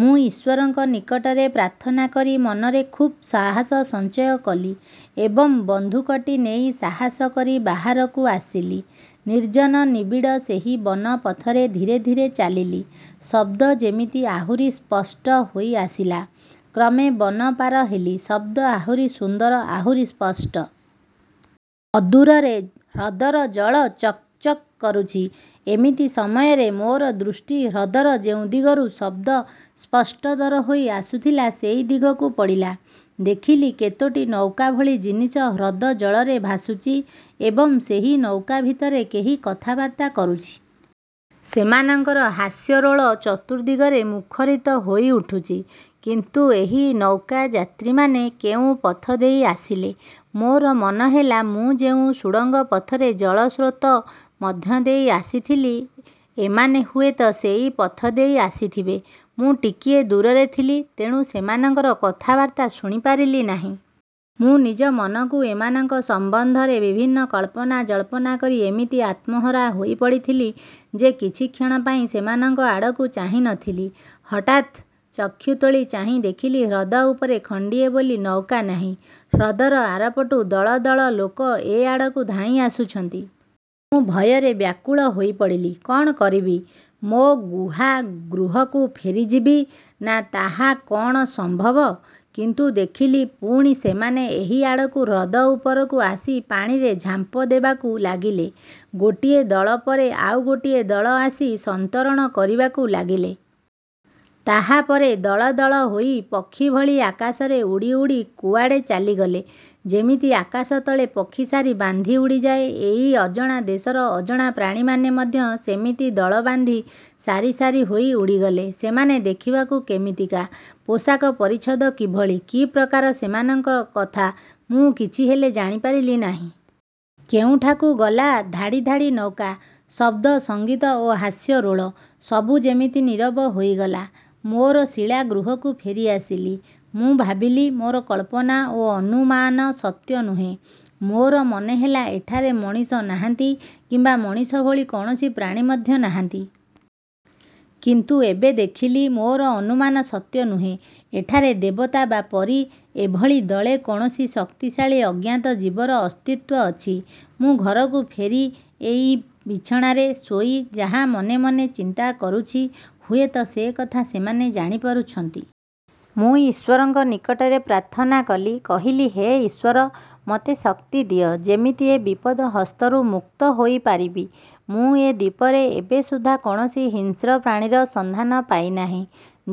ମୁଁ ଈଶ୍ୱରଙ୍କ ନିକଟରେ ପ୍ରାର୍ଥନା କରି ମନରେ ଖୁବ୍ ସାହସ ସଞ୍ଚୟ କଲି ଏବଂ ବନ୍ଧୁକଟି ନେଇ ସାହସ କରି ବାହାରକୁ ଆସିଲି। ନିର୍ଜନ ନିବିଡ଼ ସେଇ ବନ ପଥରେ ଧୀରେ ଧୀରେ ଚାଲିଲି। ଶବ୍ଦ ଯେମିତି ଆହୁରି ସ୍ପଷ୍ଟ ହୋଇଆସିଲା। କ୍ରମେ ବନ ପାର ହେଲି, ଶବ୍ଦ ଆହୁରି ସୁନ୍ଦର, ଆହୁରି ସ୍ପଷ୍ଟ। ଅଦୂରରେ ହ୍ରଦର ଜଳ ଚକ୍ଚକ୍ କରୁଛି। ଏମିତି ସମୟରେ ମୋର ଦୃଷ୍ଟି ହ୍ରଦର ଯେଉଁ ଦିଗରୁ ଶବ୍ଦ ସ୍ପଷ୍ଟତର ହୋଇ ଆସୁଥିଲା, ସେଇ ଦିଗକୁ ପଡ଼ିଲା। ଦେଖିଲି କେତୋଟି ନୌକାଭଳି ଜିନିଷ ହ୍ରଦ ଜଳରେ ଭାସୁଛି ଏବଂ ସେହି ନୌକା ଭିତରେ କେହି କଥାବାର୍ତ୍ତା କରୁଛି। ସେମାନଙ୍କର ହାସ୍ୟରୋଳ ଚତୁର୍ଦ୍ଦିଗରେ ମୁଖରିତ ହୋଇ ଉଠୁଛି। କିନ୍ତୁ ଏହି ନୌକା-ଯାତ୍ରୀମାନେ କେଉଁ ପଥ ଦେଇ ଆସିଲେ? ମୋର ମନେହେଲା, ମୁଁ ଯେଉଁ ସୁଡ଼ଙ୍ଗ ପଥରେ ଜଳସ୍ରୋତ ମଧ୍ୟ ଦେଇ ଆସିଥିଲି, ଏମାନେ ହୁଏତ ସେହି ପଥ ଦେଇ ଆସିଥିବେ। ମୁଁ ଟିକିଏ ଦୂରରେ ଥିଲି, ତେଣୁ ସେମାନଙ୍କର କଥାବାର୍ତ୍ତା ଶୁଣିପାରିଲି ନାହିଁ। ମୁଁ ନିଜ ମନକୁ ଏମାନଙ୍କ ସମ୍ବନ୍ଧରେ ବିଭିନ୍ନ କଳ୍ପନା ଜଳ୍ପନା କରି ଏମିତି ଆତ୍ମହରା ହୋଇପଡ଼ିଥିଲି ଯେ କିଛି କ୍ଷଣପାଇଁ ସେମାନଙ୍କ ଆଡ଼କୁ ଚାହିଁ ନ ଥିଲି। ହଠାତ୍ ଚକ୍ଷୁ ତୋଳି ଚାହିଁ ଦେଖିଲି ହ୍ରଦ ଉପରେ ଖଣ୍ଡିଏ ବୋଲି ନୌକା ନାହିଁ। ହ୍ରଦର ଆରପଟୁ ଦଳ ଦଳ ଲୋକ ଏ ଆଡ଼କୁ ଧାଇଁ ଆସୁଛନ୍ତି। ମୁଁ ଭୟରେ ବ୍ୟାକୁଳ ହୋଇପଡ଼ିଲି। କ'ଣ କରିବି? ମୋ ଗୁହା-ଗୃହକୁ ଫେରିଯିବି? ନା, ତାହା କ'ଣ ସମ୍ଭବ? କିନ୍ତୁ ଦେଖିଲି, ପୁଣି ସେମାନେ ଏହି ଆଡ଼କୁ ହ୍ରଦ ଉପରକୁ ଆସି ପାଣିରେ ଝାମ୍ପ ଦେବାକୁ ଲାଗିଲେ। ଗୋଟିଏ ଦଳ ପରେ ଆଉ ଗୋଟିଏ ଦଳ ଆସି ସନ୍ତରଣ କରିବାକୁ ଲାଗିଲେ। ତାହାପରେ ଦଳ ଦଳ ହୋଇ ପକ୍ଷୀ ଭଳି ଆକାଶରେ ଉଡ଼ି ଉଡ଼ି କୁଆଡ଼େ ଚାଲିଗଲେ। ଯେମିତି ଆକାଶ ତଳେ ପକ୍ଷୀ ସାରି ବାନ୍ଧି ଉଡ଼ିଯାଏ, ଏଇ ଅଜଣା ଦେଶର ଅଜଣା ପ୍ରାଣୀମାନେ ମଧ୍ୟ ସେମିତି ଦଳ ବାନ୍ଧି ସାରି ସାରି ହୋଇ ଉଡ଼ିଗଲେ। ସେମାନେ ଦେଖିବାକୁ କେମିତିକା, ପୋଷାକ ପରିଚ୍ଛଦ କିଭଳି, କି ପ୍ରକାର ସେମାନଙ୍କ କଥା, ମୁଁ କିଛିହେଲେ ଜାଣିପାରିଲି ନାହିଁ। କେଉଁଠାକୁ ଗଲା ଧାଡ଼ି ଧାଡ଼ି ନୌକା, ଶବ୍ଦ, ସଙ୍ଗୀତ ଓ ହାସ୍ୟରୋଳ, ସବୁ ଯେମିତି ନୀରବ ହୋଇଗଲା। ମୋର ଶିଳା ଗୃହକୁ ଫେରିଆସିଲି। ମୁଁ ଭାବିଲି, ମୋର କଳ୍ପନା ଓ ଅନୁମାନ ସତ୍ୟ ନୁହେଁ। ମୋର ମନେହେଲା ଏଠାରେ ମଣିଷ ନାହାନ୍ତି କିମ୍ବା ମଣିଷଭଳି କୌଣସି ପ୍ରାଣୀ ମଧ୍ୟ ନାହାନ୍ତି। କିନ୍ତୁ ଏବେ ଦେଖିଲି, ମୋର ଅନୁମାନ ସତ୍ୟ ନୁହେଁ। ଏଠାରେ ଦେବତା ବା ପରୀ ଏଭଳି ଦଳେ କୌଣସି ଶକ୍ତିଶାଳୀ ଅଜ୍ଞାତ ଜୀବର ଅସ୍ତିତ୍ୱ ଅଛି। ମୁଁ ଘରକୁ ଫେରି ଏଇ ବିଛଣାରେ ଶୋଇ ଯାହା ମନେ ମନେ ଚିନ୍ତା କରୁଛି, ହୁଏତ ସେକଥା ସେମାନେ ଜାଣିପାରୁଛନ୍ତି। ମୁଁ ଈଶ୍ୱରଙ୍କ ନିକଟରେ ପ୍ରାର୍ଥନା କଲି, କହିଲି-ହେ ଈଶ୍ୱର! ମୋତେ ଶକ୍ତି ଦିଅ ଯେମିତି ଏ ବିପଦ ହସ୍ତରୁ ମୁକ୍ତ ହୋଇପାରିବି। ମୁଁ ଏ ଦ୍ୱୀପରେ ଏବେ ସୁଦ୍ଧା କୌଣସି ହିଂସ୍ର ପ୍ରାଣୀର ସନ୍ଧାନ ପାଇନାହିଁ,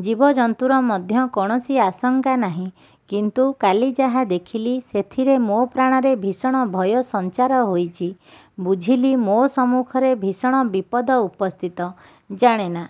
ଜୀବଜନ୍ତୁର ମଧ୍ୟ କୌଣସି ଆଶଙ୍କା ନାହିଁ। କିନ୍ତୁ କାଲି ଯାହା ଦେଖିଲି, ସେଥିରେ ମୋ ପ୍ରାଣରେ ଭୀଷଣ ଭୟ ସଞ୍ଚାର ହୋଇଛି। ବୁଝିଲି ମୋ ସମ୍ମୁଖରେ ଭୀଷଣ ବିପଦ ଉପସ୍ଥିତ। ଜାଣେନା,